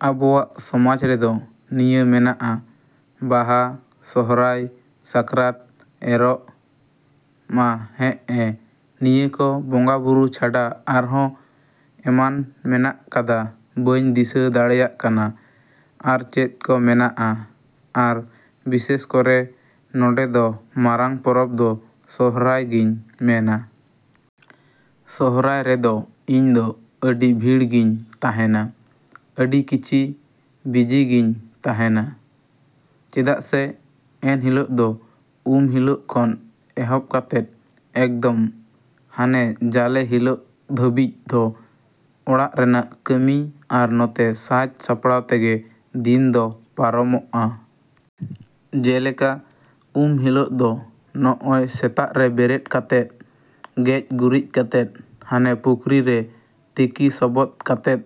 ᱟᱵᱚᱣᱟᱜ ᱥᱚᱢᱟᱡᱽ ᱨᱮᱫᱚ ᱱᱤᱭᱟᱹ ᱢᱮᱱᱟᱜᱼᱟ ᱵᱟᱦᱟ, ᱥᱚᱦᱚᱨᱟᱭ, ᱥᱟᱠᱨᱟᱛ, ᱮᱨᱚᱜ, ᱢᱟ ᱦᱮᱸᱜᱼᱮ ᱱᱤᱭᱟᱹ ᱠᱚ ᱵᱚᱸᱜᱟᱼᱵᱩᱨᱩ ᱪᱟᱰᱟ ᱟᱨᱦᱚ ᱮᱢᱟᱱ ᱢᱮᱱᱟᱜ ᱠᱟᱫᱟ ᱵᱟᱹᱧ ᱫᱤᱥᱟᱹ ᱫᱟᱬᱮᱭᱟᱜ ᱠᱟᱱᱟ᱾ ᱟᱨ ᱪᱮᱫ ᱠᱚ ᱢᱮᱱᱟᱜᱼᱟ᱾ ᱟᱨ ᱵᱤᱥᱮᱥ ᱠᱚᱨᱮ ᱱᱚᱸᱰᱮ ᱫᱚ ᱢᱟᱨᱟᱝ ᱯᱚᱨᱚᱵᱽ ᱫᱚ ᱥᱚᱦᱚᱨᱟᱭ ᱜᱤᱧ ᱢᱮᱱᱟ ᱾ ᱥᱚᱦᱚᱨᱟᱭ ᱨᱮᱫᱚ ᱤᱧᱫᱚ ᱟᱹᱰᱤ ᱵᱷᱤᱲ ᱜᱤᱧ ᱛᱟᱦᱮᱸᱱᱟ, ᱟᱹᱰᱤ ᱠᱷᱤᱪᱤ ᱵᱤᱡᱤ ᱜᱤᱧ ᱛᱟᱦᱮᱸᱱᱟ ᱪᱮᱫᱟᱜ ᱥᱮ ᱮᱱᱦᱤᱞᱳᱜ ᱫᱚ ᱩᱢ ᱦᱤᱞᱳᱜ ᱠᱷᱚᱱ ᱮᱦᱚᱵ ᱠᱟᱛᱮᱫ ᱮᱠᱫᱚᱢ ᱦᱟᱱᱮᱸ ᱡᱟᱞᱮ ᱦᱤᱞᱳᱜ ᱫᱷᱟᱹᱵᱤᱡ ᱫᱚ ᱚᱲᱟᱜ ᱨᱮᱱᱟᱜ ᱠᱟᱹᱢᱤ, ᱟᱨ ᱱᱚᱛᱮ ᱥᱟᱡᱽ ᱥᱟᱯᱲᱟᱣ ᱛᱮᱜᱮ ᱫᱤᱱ ᱫᱚ ᱯᱟᱨᱚᱢᱚᱜᱼᱟ᱾ ᱡᱮᱞᱮᱠᱟ ᱩᱢ ᱦᱤᱞᱳᱜ ᱫᱚ ᱱᱚᱜᱼᱚᱭ ᱥᱮᱛᱟᱜ ᱨᱮ ᱵᱮᱨᱮᱫ ᱠᱟᱛᱮᱫ ᱜᱮᱡ ᱜᱩᱨᱤᱡ ᱠᱟᱛᱮᱫ ᱦᱟᱱᱮ ᱯᱩᱠᱷᱨᱤ ᱨᱮ ᱛᱤᱠᱤ ᱥᱚᱵᱚᱫᱽ ᱠᱟᱛᱮᱫᱽ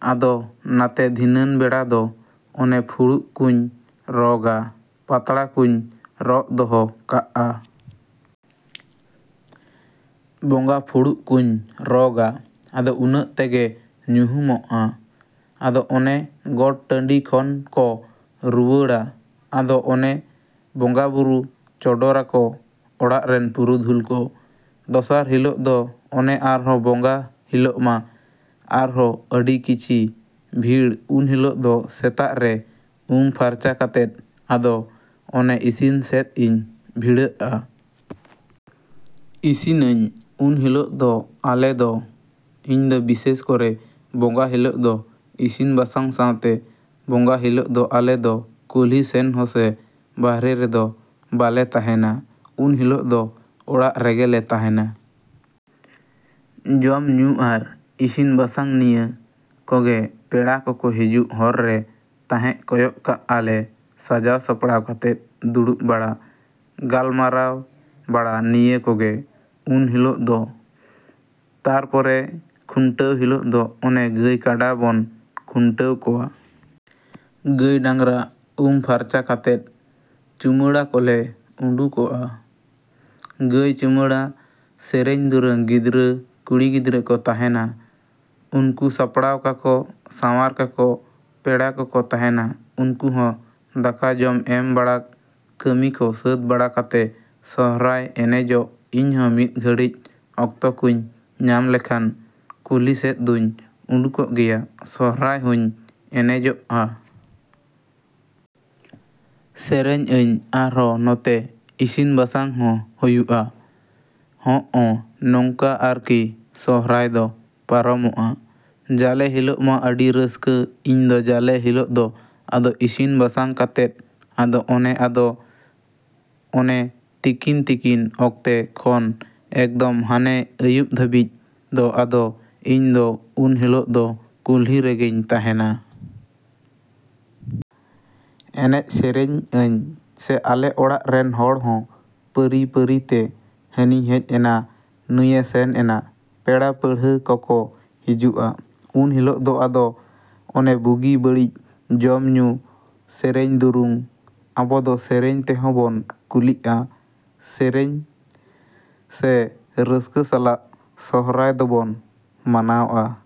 ᱟᱫᱚ ᱱᱟᱛᱮ ᱫᱷᱤᱱᱟᱹᱱ ᱵᱮᱲᱟ ᱫᱚ ᱚᱱᱮ ᱯᱷᱩᱲᱩᱜ ᱠᱩᱧ ᱨᱚᱜᱟ ᱾ ᱯᱟᱛᱲᱟ ᱠᱩᱸᱧ ᱨᱚᱜ ᱫᱚᱦᱚ ᱠᱟᱜᱼᱟ᱾ ᱵᱚᱸᱜᱟ ᱯᱷᱩᱲᱩᱜ ᱠᱩᱸᱧ ᱨᱚᱜᱟ ᱟᱫᱚ ᱩᱱᱟᱹᱜ ᱛᱮᱜᱮ ᱧᱩᱦᱩᱢᱚᱜᱼᱟ ᱟᱫᱚ ᱚᱱᱮ ᱜᱚᱴ ᱴᱟᱹᱰᱤ ᱠᱷᱚᱱ ᱠᱚ ᱨᱩᱣᱟᱹᱲᱟ ᱟᱫᱚ ᱚᱱᱮ ᱵᱚᱸᱜᱟᱼᱵᱩᱨᱩ ᱪᱚᱰᱚᱨᱟᱠᱚ ᱚᱲᱟᱜ ᱨᱮᱱ ᱯᱩᱨᱩᱫᱷᱩᱞ ᱠᱚ᱾ ᱫᱚᱥᱟᱨ ᱦᱤᱞᱳᱜ ᱫᱚ ᱚᱱᱮ ᱟᱨᱦᱚᱸ ᱵᱚᱸᱜᱟ ᱦᱤᱞᱳᱜ ᱢᱟ ᱟᱨᱦᱚᱸ ᱟᱹᱰᱤ ᱠᱷᱤᱪᱤ ᱵᱷᱤᱲ ᱩᱱ ᱦᱤᱞᱳᱜ ᱫᱚ ᱥᱮᱛᱟᱜ ᱨᱮ ᱩᱢ ᱯᱷᱟᱨᱪᱟ ᱠᱟᱛᱮᱫ ᱟᱫᱚ ᱚᱱᱮ ᱤᱥᱤᱱ ᱥᱮᱫᱽ ᱤᱧ ᱵᱷᱤᱲᱟᱹᱜᱼᱟ ᱾ ᱤᱥᱤᱱᱟᱹᱧ ᱩᱱ ᱦᱤᱞᱳᱜ ᱫᱚ ᱟᱞᱮ ᱫᱚ, ᱤᱧᱫᱚ ᱵᱤᱥᱮᱥ ᱠᱚᱨᱮ ᱵᱚᱸᱜᱟ ᱦᱤᱞᱳᱜ ᱫᱚ ᱤᱥᱤᱱ ᱵᱟᱥᱟᱝ ᱥᱟᱶᱛᱮ, ᱵᱚᱸᱜᱟ ᱦᱤᱞᱳᱜ ᱫᱚ ᱟᱞᱮ ᱫᱚ ᱠᱩᱞᱦᱤ ᱥᱮᱱ ᱦᱚᱸ ᱥᱮ ᱵᱟᱦᱟᱨᱮ ᱨᱮᱫᱚ ᱵᱟᱞᱮ ᱛᱟᱦᱮᱸᱱᱟ ᱩᱱ ᱦᱤᱞᱳᱜ ᱫᱚ ᱚᱲᱟᱜ ᱨᱮᱜᱮᱞᱮ ᱛᱟᱦᱮᱸᱱᱟ᱾ ᱡᱚᱢ ᱧᱩ ᱟᱨ ᱤᱥᱤᱱ ᱵᱟᱥᱟᱝ ᱱᱤᱭᱟᱹ ᱠᱚᱜᱮ ᱯᱮᱲᱟ ᱠᱚᱠᱚ ᱦᱤᱡᱩᱜ ᱦᱚᱨ ᱨᱮ ᱛᱟᱦᱮᱸᱜ ᱠᱚᱭᱚᱜ ᱠᱟᱜᱼᱟ ᱞᱮ ᱥᱟᱡᱟᱣ ᱥᱟᱯᱲᱟᱣ ᱠᱟᱛᱮᱫ ᱫᱩᱲᱩᱵ ᱵᱟᱲᱟ, ᱜᱟᱞᱢᱟᱨᱟᱣ ᱵᱟᱲᱟ ᱱᱤᱭᱟᱹ ᱠᱚᱜᱮ ᱩᱱ ᱦᱤᱞᱳᱜ ᱫᱚ᱾ ᱛᱟᱨᱯᱚᱨᱮ ᱠᱷᱩᱱᱴᱟᱹᱣ ᱦᱤᱞᱳᱜ ᱫᱚ ᱚᱱᱮ ᱜᱟᱹᱭ ᱠᱟᱰᱟ ᱵᱚᱱ ᱠᱷᱩᱱᱴᱟᱹᱣ ᱠᱚᱣᱟ ᱾ ᱜᱟᱹᱭ ᱰᱟᱝᱨᱟ ᱩᱢ ᱯᱷᱟᱨᱪᱟ ᱠᱟᱛᱮᱫ ᱪᱩᱢᱟᱹᱲᱟ ᱠᱚᱞᱮ ᱩᱰᱩᱠᱚᱜᱼᱟ, ᱜᱟᱹᱭ ᱪᱩᱢᱟᱹᱲᱟ, ᱥᱮᱨᱮᱧ ᱫᱩᱨᱟᱹᱝ ᱜᱤᱫᱽᱨᱟᱹ ᱠᱩᱲᱤ ᱜᱤᱫᱽᱨᱟᱹ ᱠᱚ ᱛᱟᱦᱮᱸᱱᱟ ᱩᱱᱠᱩ ᱥᱟᱯᱲᱟᱣ ᱠᱟᱠᱚ ᱥᱟᱶᱟᱨ ᱠᱟᱠᱚ ᱯᱮᱲᱟ ᱠᱚᱠᱚ ᱛᱟᱦᱮᱸᱱᱟ ᱩᱱᱠᱩ ᱦᱚᱸ ᱫᱟᱠᱟ ᱡᱚᱢ ᱮᱢ ᱵᱟᱲᱟ ᱠᱟᱹᱢᱤᱠᱚ ᱥᱟᱹᱛ ᱵᱟᱲᱟ ᱠᱟᱛᱮ, ᱥᱚᱦᱚᱨᱟᱭ ᱮᱱᱮᱡᱚᱜ ᱤᱧᱦᱚᱸ ᱢᱤᱫ ᱜᱷᱟᱹᱲᱤᱡ ᱚᱠᱛᱚ ᱠᱩᱧ ᱧᱟᱢ ᱞᱮᱠᱷᱟᱱ, ᱠᱩᱞᱦᱤ ᱥᱮᱫ ᱫᱩᱧ ᱩᱰᱩᱠᱚᱜ ᱜᱮᱭᱟ, ᱥᱚᱦᱚᱨᱟᱭ ᱦᱚᱸᱧ ᱮᱱᱮᱡᱚᱜᱼᱟ ᱾ ᱥᱮᱨᱮᱧ ᱟᱹᱧ ᱟᱨᱦᱚᱸ ᱱᱚᱛᱮ ᱤᱥᱤᱱ ᱵᱟᱥᱟᱝ ᱦᱚᱸ ᱦᱩᱭᱩᱜᱼᱟ ᱦᱚᱸᱜᱼᱚ ᱱᱚᱝᱠᱟ ᱟᱨᱠᱤ ᱥᱚᱦᱚᱨᱟᱭ ᱫᱚ ᱯᱟᱨᱚᱢᱚᱜᱼᱟ ᱾ ᱡᱟᱞᱮ ᱦᱤᱞᱳᱜ ᱢᱟ ᱟᱹᱰᱤ ᱨᱟᱹᱥᱠᱟᱹ ᱤᱧ ᱫᱚ ᱡᱟᱞᱮ ᱦᱤᱞᱳᱜ ᱫᱚ ᱟᱫᱚ ᱤᱥᱤᱱ ᱵᱟᱥᱟᱝ ᱠᱟᱛᱮᱫ ᱟᱫᱚ ᱚᱱᱮ ᱟᱫᱚ ᱚᱱᱮ ᱛᱤᱠᱤᱱ ᱛᱤᱠᱤᱱ ᱚᱠᱛᱮ ᱠᱷᱚᱱ ᱮᱠᱫᱚᱢ ᱦᱟᱱᱮ ᱟᱹᱭᱩᱵ ᱫᱷᱟᱹᱵᱤᱡ ᱫᱚ ᱟᱫᱚ ᱤᱧᱫᱚ ᱩᱱ ᱦᱤᱞᱳᱜ ᱫᱚ ᱠᱩᱞᱦᱤ ᱨᱮᱜᱮᱧ ᱛᱟᱦᱮᱸᱱᱟ᱾ ᱮᱱᱮᱡ ᱥᱮᱨᱮᱧ ᱟᱹᱧ, ᱥᱮ ᱟᱞᱮ ᱚᱲᱟᱜ ᱨᱮᱱ ᱦᱚᱲ ᱦᱚᱸ ᱯᱟᱹᱨᱤ ᱯᱟᱹᱨᱤᱛᱮ ᱦᱟᱹᱱᱤ ᱦᱮᱡ ᱮᱱᱟ ᱱᱩᱭᱮ ᱥᱮᱱ ᱮᱱᱟ, ᱯᱮᱲᱟ ᱯᱟᱹᱲᱦᱟᱹ ᱠᱚᱠᱚ ᱦᱤᱡᱩᱜᱼᱟ ᱾ ᱩᱱ ᱦᱤᱞᱳᱜ ᱫᱚ ᱟᱫᱚ ᱚᱱᱮ ᱵᱩᱜᱤ ᱵᱟᱲᱤᱡ ᱡᱚᱢ ᱧᱩ ᱥᱮᱨᱮᱧ ᱫᱩᱨᱩᱝ ,ᱟᱵᱚ ᱫᱚ ᱥᱮᱨᱮᱧ ᱛᱮᱦᱚᱸ ᱵᱚᱱ ᱠᱩᱞᱤᱜᱼᱟ ᱥᱮᱨᱮᱧ, ᱥᱮ ᱨᱟᱹᱥᱠᱟ ᱥᱟᱞᱟᱜ ᱥᱚᱦᱚᱨᱟᱭ ᱫᱚᱵᱚᱱ ᱢᱟᱱᱟᱣᱼᱟ᱾